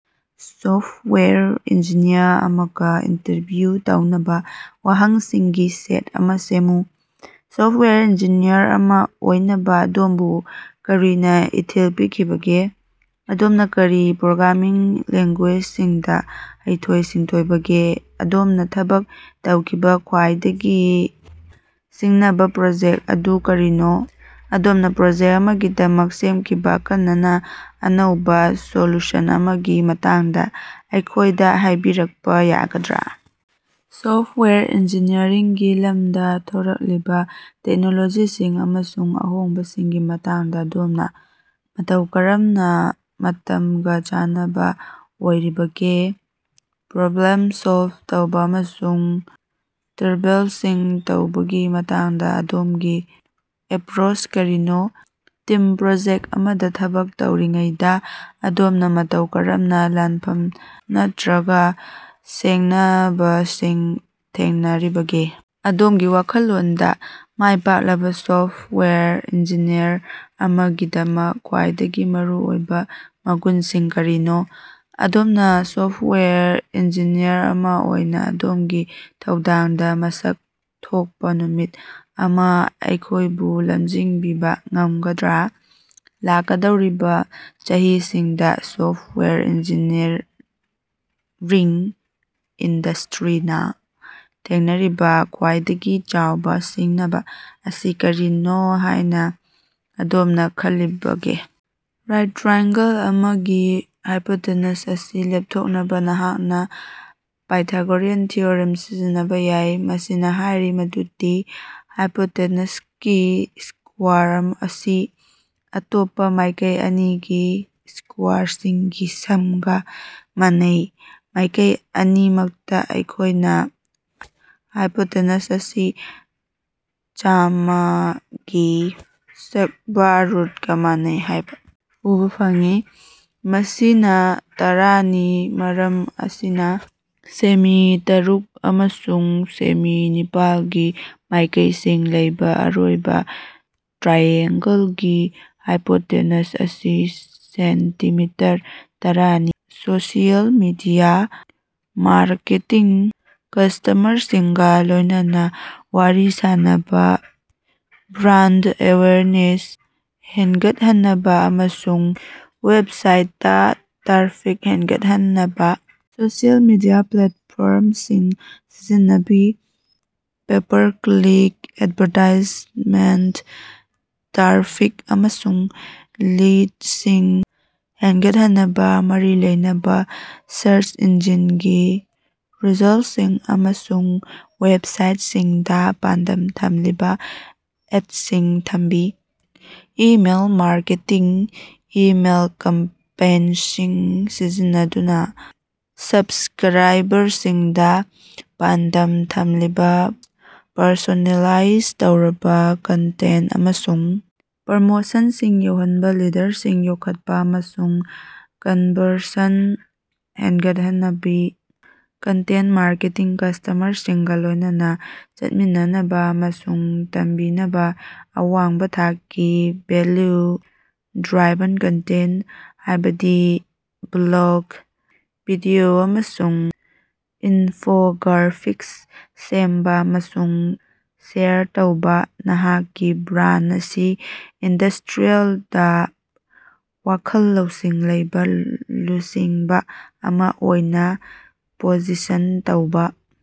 Software engineer ꯑꯃꯒ interview ꯇꯧꯅꯕꯥ ꯋꯥꯍꯪꯁꯤꯡꯒꯤ ꯁꯦꯠ ꯑꯃ ꯁꯦꯝꯃꯨ꯫ ꯁꯣꯐꯋꯦꯌꯔ ꯏꯟꯖꯤꯅꯤꯌꯔ ꯑꯃ ꯑꯣꯏꯅꯕ ꯑꯗꯣꯝꯕꯨ ꯀꯔꯤꯅ ꯏꯊꯤꯜ ꯄꯤꯈꯤꯕꯒꯦ? ꯑꯗꯣꯝꯅ ꯀꯔꯤ ꯄ꯭ꯔꯣꯒ꯭ꯔꯥꯃꯤꯡ ꯂꯦꯡꯒꯨꯌꯦꯖꯁꯤꯡꯗꯥ ꯍꯩꯊꯣꯏ-ꯁꯤꯡꯊꯣꯏꯕꯒꯦ? ꯑꯗꯣꯝꯅꯥ ꯊꯕꯛ ꯇꯧꯈꯤꯕꯥ ꯈ꯭ꯋꯥꯏꯗꯒꯤ ꯁꯤꯡꯅꯕ ꯄ꯭ꯔꯣꯖꯦꯛ ꯑꯗꯨ ꯀꯔꯤꯅꯣ? ꯑꯗꯣꯝꯅꯥ ꯄ꯭ꯔꯣꯖꯦꯛ ꯑꯃꯒꯤꯗꯃꯛ ꯁꯦꯝꯈꯤꯕ ꯑꯈꯟꯅꯅꯥ ꯑꯅꯧꯕꯥ ꯁꯣꯂꯨꯁꯟ ꯑꯃꯒꯤ ꯃꯇꯥꯡꯗ ꯑꯩꯈꯣꯏꯗ ꯍꯥꯏꯕꯤꯔꯛꯄ ꯌꯥꯒꯗ꯭ꯔꯥ? ꯁꯣꯐꯋꯦꯌꯔ ꯏꯟꯖꯤꯅꯤꯌꯔꯤꯡꯒꯤ ꯂꯝꯗꯥ ꯊꯣꯔꯛꯂꯤꯕ ꯇꯦꯛꯅꯣꯂꯣꯖꯤꯁꯤꯡ ꯑꯃꯁꯨꯡ ꯑꯍꯣꯡꯕꯁꯤꯡꯒꯤ ꯃꯇꯥꯡꯗ ꯑꯗꯣꯝꯅ ꯃꯇꯧ ꯀꯔꯝꯅ ꯃꯇꯝꯒꯥ ꯆꯥꯟꯅꯕ ꯑꯣꯏꯔꯤꯕꯒꯦ? ꯄ꯭ꯔꯣꯕ꯭ꯂꯦꯝ ꯁꯣꯜꯕ ꯇꯧꯕ ꯑꯃꯁꯨꯡ ꯇ꯭ꯔꯕꯜꯁꯨꯠ ꯇꯧꯕꯒꯤ ꯃꯇꯥꯡꯗ ꯑꯗꯣꯝꯒꯤ ꯑꯦꯄ꯭ꯔꯣꯁ ꯀꯔꯤꯅꯣ? ꯇꯤꯝ ꯄ꯭ꯔꯣꯖꯦꯛ ꯑꯃꯗ ꯊꯕꯛ ꯇꯧꯔꯤꯉꯩꯗ ꯑꯗꯣꯝꯅ ꯃꯇꯧ ꯀꯔꯝꯅ ꯂꯥꯟꯐꯝ ꯅꯠꯇ꯭ꯔꯒ ꯁꯤꯡꯅꯕꯁꯤꯡ ꯊꯦꯡꯅꯔꯤꯕꯒꯦ? ꯑꯗꯣꯝꯒꯤ ꯋꯥꯈꯜꯂꯣꯟꯗꯥ ꯃꯥꯏ ꯄꯥꯛꯂꯕ ꯁꯣꯐꯋꯦꯌꯔ ꯏꯟꯖꯤꯅꯤꯌꯔ ꯑꯃꯒꯤꯗꯃꯛ ꯈ꯭ꯋꯥꯏꯗꯒꯤ ꯃꯔꯨꯑꯣꯏꯕ ꯃꯒꯨꯟꯁꯤꯡ ꯀꯔꯤꯅꯣ? ꯑꯗꯣꯝꯅ ꯁꯣꯐꯋꯦꯌꯔ ꯏꯟꯖꯤꯅꯤꯌꯔ ꯑꯃ ꯑꯣꯏꯅ ꯑꯗꯣꯝꯒꯤ ꯊꯧꯗꯥꯡꯗ ꯃꯁꯛ ꯊꯣꯛꯄ ꯅꯨꯃꯤꯠ ꯑꯃ ꯑꯩꯈꯣꯏꯕꯨ ꯂꯝꯖꯤꯡꯕꯤꯕꯥ ꯉꯝꯒꯗ꯭ꯔꯥ? ꯂꯥꯛꯀꯗꯧꯔꯤꯕꯥ ꯆꯍꯤꯁꯤꯡꯗꯥ ꯁꯣꯐꯋꯦꯌꯔ ꯏꯟꯖꯤꯅꯤꯌꯔꯤꯡ ꯏꯟꯗꯁꯇ꯭ꯔꯤꯅ ꯊꯦꯡꯅꯔꯤꯕꯥ ꯈ꯭ꯋꯥꯏꯗꯒꯤ ꯆꯥꯎꯕ ꯁꯤꯡꯅꯕ ꯑꯁꯤ ꯀꯔꯤꯅꯣ ꯍꯥꯏꯅ ꯑꯗꯣꯝꯅ ꯈꯜꯂꯤꯕꯒꯦ? ꯔꯥꯏꯠ ꯇ꯭ꯔꯥꯏꯑꯦꯡꯒꯜ ꯑꯃꯒꯤ ꯍꯥꯏꯄꯣꯇꯦꯅꯁ ꯑꯁꯤ ꯂꯦꯞꯊꯣꯛꯅꯕꯥ, ꯅꯍꯥꯛꯅ ꯄꯥꯏꯊꯥꯒꯣꯔꯤꯌꯟ ꯊꯤꯑꯣꯔꯤꯝ ꯁꯤꯖꯤꯟꯅꯕ ꯌꯥꯏ, ꯃꯁꯤꯅ ꯍꯥꯏꯔꯤ ꯃꯗꯨꯗꯤ ꯍꯥꯏꯄꯣꯇꯦꯅꯁꯀꯤ ꯁ꯭ꯀꯣꯌꯥꯔ ꯑꯁꯤ ꯑꯇꯣꯞꯄꯥ ꯃꯥꯏꯀꯩ ꯑꯅꯤꯒꯤ ꯁ꯭ꯀꯣꯌꯥꯔꯁꯤꯡꯒꯤ ꯁꯝꯒꯥ ꯃꯥꯟꯅꯩ꯫ ꯃꯥꯏꯀꯩ ꯑꯅꯤꯃꯛꯇꯥ, ꯑꯩꯈꯣꯏꯅ ꯍꯥꯏꯄꯣꯇꯦꯅꯁ ꯑꯁꯤ ꯆꯥꯝꯃꯥꯒꯤ ꯁ꯭ꯛꯕꯥꯔ ꯔꯨꯠꯀꯥ ꯃꯥꯟꯅꯩ ꯍꯥꯏꯕ ꯎꯕꯥ ꯐꯪꯏ, ꯃꯁꯤꯅ ꯇꯔꯥꯅꯤ, ꯃꯔꯝ ꯑꯁꯤꯅ ꯁꯦꯃꯤ ꯇꯔꯨꯛ ꯑꯃꯁꯨꯡ ꯁꯦꯃꯤ ꯅꯤꯄꯥꯜꯒꯤ ꯃꯥꯏꯀꯩꯁꯤꯡ ꯂꯩꯕ ꯑꯔꯣꯏꯕ ꯇ꯭ꯔꯥꯏꯑꯦꯡꯒꯜꯒꯤ ꯍꯥꯏꯄꯣꯇꯦꯅꯁ ꯑꯁꯤ ꯁꯦꯟꯇꯤꯃꯤꯇꯔ ꯇꯔꯥꯅꯤ꯫ ꯁꯣꯁꯤꯑꯦꯜ ꯃꯤꯗꯤꯌꯥ ꯃꯥꯔꯀꯦꯇꯤꯡ ꯀꯁꯇꯃꯔꯁꯤꯡꯒꯥ ꯂꯣꯏꯅꯅ ꯋꯥꯔꯤ ꯁꯥꯟꯅꯕ, ꯕ꯭ꯔꯥꯟꯗ ꯑꯦꯋꯦꯌꯔꯅꯦꯁ ꯍꯦꯟꯒꯠꯍꯟꯅꯕꯥ ꯑꯃꯁꯨꯡ ꯋꯦꯕꯁꯥꯏꯠꯇꯥ ꯇ꯭ꯔꯥꯐꯤꯛ ꯍꯦꯟꯒꯠꯍꯟꯅꯕꯥ ꯁꯣꯁꯤꯑꯦꯜ ꯃꯤꯗꯤꯌꯥ ꯄ꯭ꯂꯦꯠꯐꯣꯔꯝꯁꯤꯡ ꯁꯤꯖꯤꯟꯅꯕꯤ꯫ ꯄꯦꯄꯥꯔ-ꯀ꯭ꯂꯤꯛ ꯑꯦꯗꯚꯥꯔꯇꯥꯏꯖꯃꯦꯟꯇ ꯇ꯭ꯔꯥꯐꯤꯛ ꯑꯃꯁꯨꯡ ꯂꯤꯗꯁꯤꯡ ꯍꯦꯟꯒꯠꯍꯟꯅꯕꯥ ꯃꯔꯤ ꯂꯩꯅꯕꯥ ꯁꯔꯁ ꯏꯟꯖꯤꯟꯒꯤ ꯔꯤꯖꯜꯁꯤꯡ ꯑꯃꯁꯨꯡ ꯋꯦꯕꯁꯥꯏꯠꯁꯤꯡꯗꯥ ꯄꯥꯟꯗꯝ ꯊꯝꯂꯤꯕ ꯑꯦꯠꯁꯤꯡ ꯊꯝꯕꯤ꯫ ꯏꯃꯦꯜ ꯃꯥꯔꯀꯦꯇꯤꯡ ꯏꯃꯦꯜ ꯀꯦꯝꯄꯦꯟꯁꯤꯡ ꯁꯤꯖꯤꯟꯅꯗꯨꯅꯥ ꯁꯞꯁꯀ꯭ꯔꯥꯏꯕꯔꯁꯤꯡꯗꯥ ꯄꯥꯟꯗꯝ ꯊꯝꯂꯤꯕ, ꯄꯔꯁꯣꯅꯦꯂꯥꯏꯖ ꯇꯧꯔꯕ ꯀꯟꯇꯦꯟ ꯑꯃꯁꯨꯡ ꯄ꯭ꯔꯣꯃꯣꯁꯟꯁꯤꯡ ꯌꯧꯍꯟꯕꯥ, ꯂꯤꯗꯔꯁꯤꯡ ꯌꯣꯛꯈꯠꯄ ꯑꯃꯁꯨꯡ ꯀꯟꯕꯔꯁꯟ ꯍꯦꯟꯒꯠꯍꯟꯅꯕꯤ꯫ ꯀꯟꯇꯦꯟ ꯃꯥꯔꯀꯦꯇꯤꯡ ꯀꯁꯇꯃꯔꯁꯤꯡꯒ ꯂꯣꯏꯅꯅ ꯆꯠꯃꯤꯟꯅꯅꯕ ꯑꯃꯁꯨꯡ ꯇꯝꯕꯤꯅꯕ ꯑꯋꯥꯡꯕꯥ ꯊꯥꯛꯀꯤ, ꯚꯦꯜꯂꯨ-ꯗ꯭ꯔꯥꯏꯚꯟ ꯀꯟꯇꯦꯟ, ꯍꯥꯏꯕꯗꯤ ꯕ꯭ꯂꯣꯒ, ꯚꯤꯗꯤꯑꯣ ꯑꯃꯁꯨꯡ ꯏꯟꯐꯣꯒ꯭ꯔꯥꯐꯤꯛꯁ ꯁꯦꯝꯕꯥ ꯑꯃꯁꯨꯡ ꯁꯦꯌꯔ ꯇꯧꯕ, ꯅꯍꯥꯛꯀꯤ ꯕ꯭ꯔꯥꯟ ꯑꯁꯤ ꯏꯟꯗꯁꯇ꯭ꯔꯤꯗꯥ ꯋꯥꯈꯜ ꯂꯧꯁꯤꯡ ꯂꯩꯕꯥ ꯂꯨꯆꯤꯡꯕ ꯑꯃ ꯑꯣꯏꯅ ꯄꯣꯖꯤꯁꯟ ꯇꯧꯕ꯫